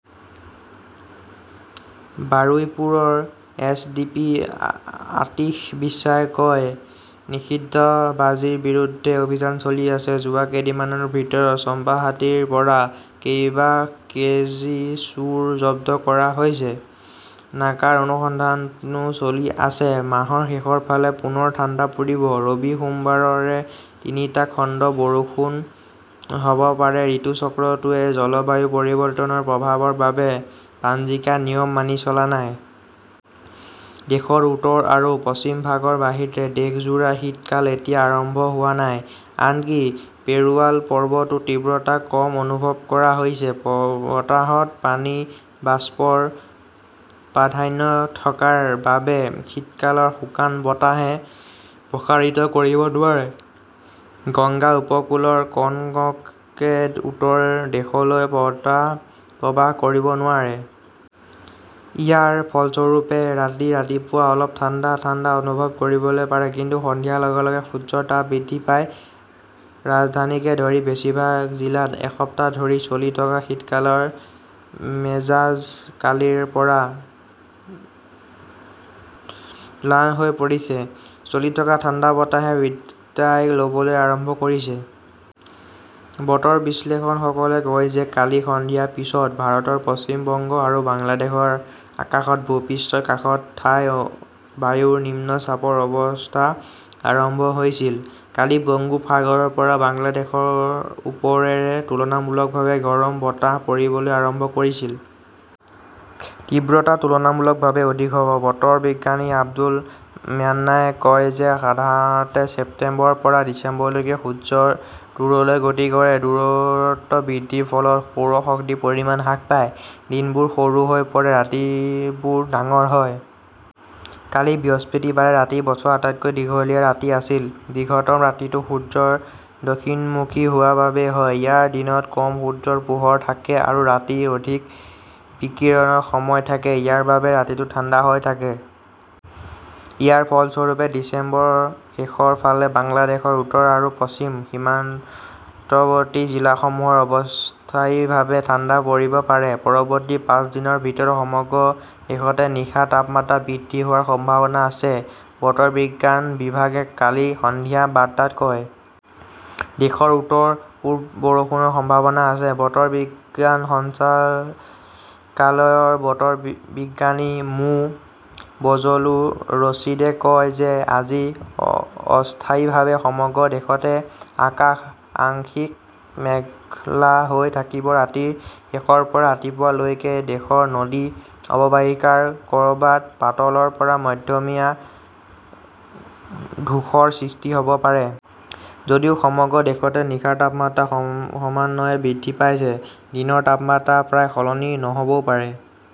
বাৰুইপুৰৰ SDPO Atish বিশ্বাসে কয় নিষিদ্ধ বাজিৰ বিৰুদ্ধে অভিযান চলি আছে। যোৱা কেইদিনমানৰ ভিতৰত চম্পাহাটীৰ পৰা কেইবাশ কেজি চুৰি জব্দ কৰা হৈছে। নাকাৰ অনুসন্ধানো চলি আছে। মাহৰ শেষৰ ফালে পুনৰ ঠাণ্ডা পৰিব, ৰবি-সোমবাৰে তিনিটা খণ্ডত বৰষুণ হ'ব পাৰে ঋতু চক্ৰটোৱে জলবায়ু পৰিৱৰ্তনৰ প্ৰভাৱৰ বাবে পঞ্জিকাৰ নিয়ম মানি চলা নাই। দেশৰ উত্তৰ আৰু পশ্চিম ভাগৰ বাহিৰে দেশজোৰা শীতকাল এতিয়াও আৰম্ভ হোৱা নাই, আনকি পেৰুৱাল পৰ্বতো। তীব্ৰতা কম অনুভৱ কৰা হৈছে। বতাহত পানীৰ বাষ্পৰ প্ৰাধান্য থকাৰ বাবে শীতকালৰ শুকান বতাহে প্ৰসাৰিত কৰিব নোৱাৰে। গংগা উপকূলৰ কনকনে উত্তৰ দিশলৈ বতাহ প্ৰৱেশ কৰিব নোৱাৰে। ইয়াৰ ফলস্বৰূপে, ৰাতি-ৰাতিপুৱা অলপ ঠাণ্ডা ঠাণ্ডা অনুভৱ কৰিব পাৰে, কিন্তু সন্ধিয়াৰ লগে লগে সূৰ্যৰ তাপ বৃদ্ধি পায়। ৰাজধানীকে ধৰি বেছিভাগ জিলাত এসপ্তাহ ধৰি চলি থকা শীতকালৰ মেজাজ কালিৰ পৰা ম্লান হৈ পৰিছে। চলি থকা ঠাণ্ডা বতাহে বিদায় লʼবলৈ আৰম্ভ কৰিছে। বতৰ বিশ্লেষকসকলে কয় যে কালি সন্ধিয়াৰ পিছত ভাৰতৰ পশ্চিম বংগ আৰু বাংলাদেশৰ আকাশত ভূ-পৃষ্ঠৰ কাষৰ ঠাইত বায়ুৰ নিম্ন চাপৰ অৱস্থা আৰম্ভ হৈছিল। কালি বংগোপসাগৰৰ পৰা বাংলাদেশৰ ওপৰেৰে তুলনামূলকভাৱে গৰম বতাহ পৰিবলৈ আৰম্ভ কৰিছিল। তীব্ৰতা তুলনামূলকভাৱে অধিক হ 'ব। বতৰ বিজ্ঞানী আব্দুল মান্নানে কয় যে সাধাৰণতে ছেপ্টেম্বৰৰ পৰা ডিচেম্বৰলৈকে সূৰ্য দূৰলৈ গতি কৰে। দূৰত্ব বৃদ্ধিৰ ফলত সৌৰ শক্তিৰ পৰিমাণ হ্ৰাস পায়। দিনবোৰ সৰু হৈ পৰে, ৰাতিবোৰ ডাঙৰ হয়। কালি বৃহস্পতিবাৰে ৰাতি বছৰৰ আটাইতকৈ দীঘলীয়া ৰাতি আছিল। দীৰ্ঘতম ৰাতিটো সূৰ্যৰ দক্ষিণমুখী হোৱাৰ বাবেই হয়। ইয়াত দিনত কম সূৰ্য্যৰ পোহৰ থাকে আৰু ৰাতি অধিক বিকিৰণৰ সময় থাকে। ইয়াৰ বাবেই ৰাতিটো ঠাণ্ডা হৈ থাকে। ইয়াৰ ফলস্বৰূপে, ডিচেম্বৰৰ শেষৰ ফালে বাংলাদেশৰ উত্তৰ আৰু পশ্চিম সীমান্তৱৰ্তী জিলাসমূহত অস্থায়ীভাৱে ঠাণ্ডা পৰিব পাৰে। পৰৱৰ্তী পাঁচ দিনৰ ভিতৰত সমগ্ৰ দেশতে নিশাৰ তাপমাত্ৰা বৃদ্ধি হোৱাৰ সম্ভাৱনা আছে, বতৰ বিজ্ঞান বিভাগে কালি সন্ধিয়াৰ বাৰ্তাত কয়। দেশৰ উত্তৰ -পূবত বৰষুণৰ সম্ভাৱনা আছে। বতৰ বিজ্ঞান সঞ্চালকালয়ৰ বতৰ বিজ্ঞানী মো. বজলুৰ ৰছিদে কয় যে আজি অস্থায়ীভাৱে সমগ্ৰ দেশতে আকাশ আংশিক মেঘলা হৈ থাকিব। ৰাতিৰ শেষৰ পৰা ৰাতিপুৱা লৈকে দেশৰ নদী অৱবাহিকাৰ কʼৰবাত পাতলৰ পৰা মধ্যমীয়া ধূসৰ সৃষ্টি হʼব পাৰে। যদিও সমগ্ৰ দেশতে নিশাৰ তাপমাত্ৰা সম সমান্য বৃদ্ধি পাইছে, দিনৰ তাপমাত্ৰা প্ৰায় সলনি নহ 'বও পাৰে।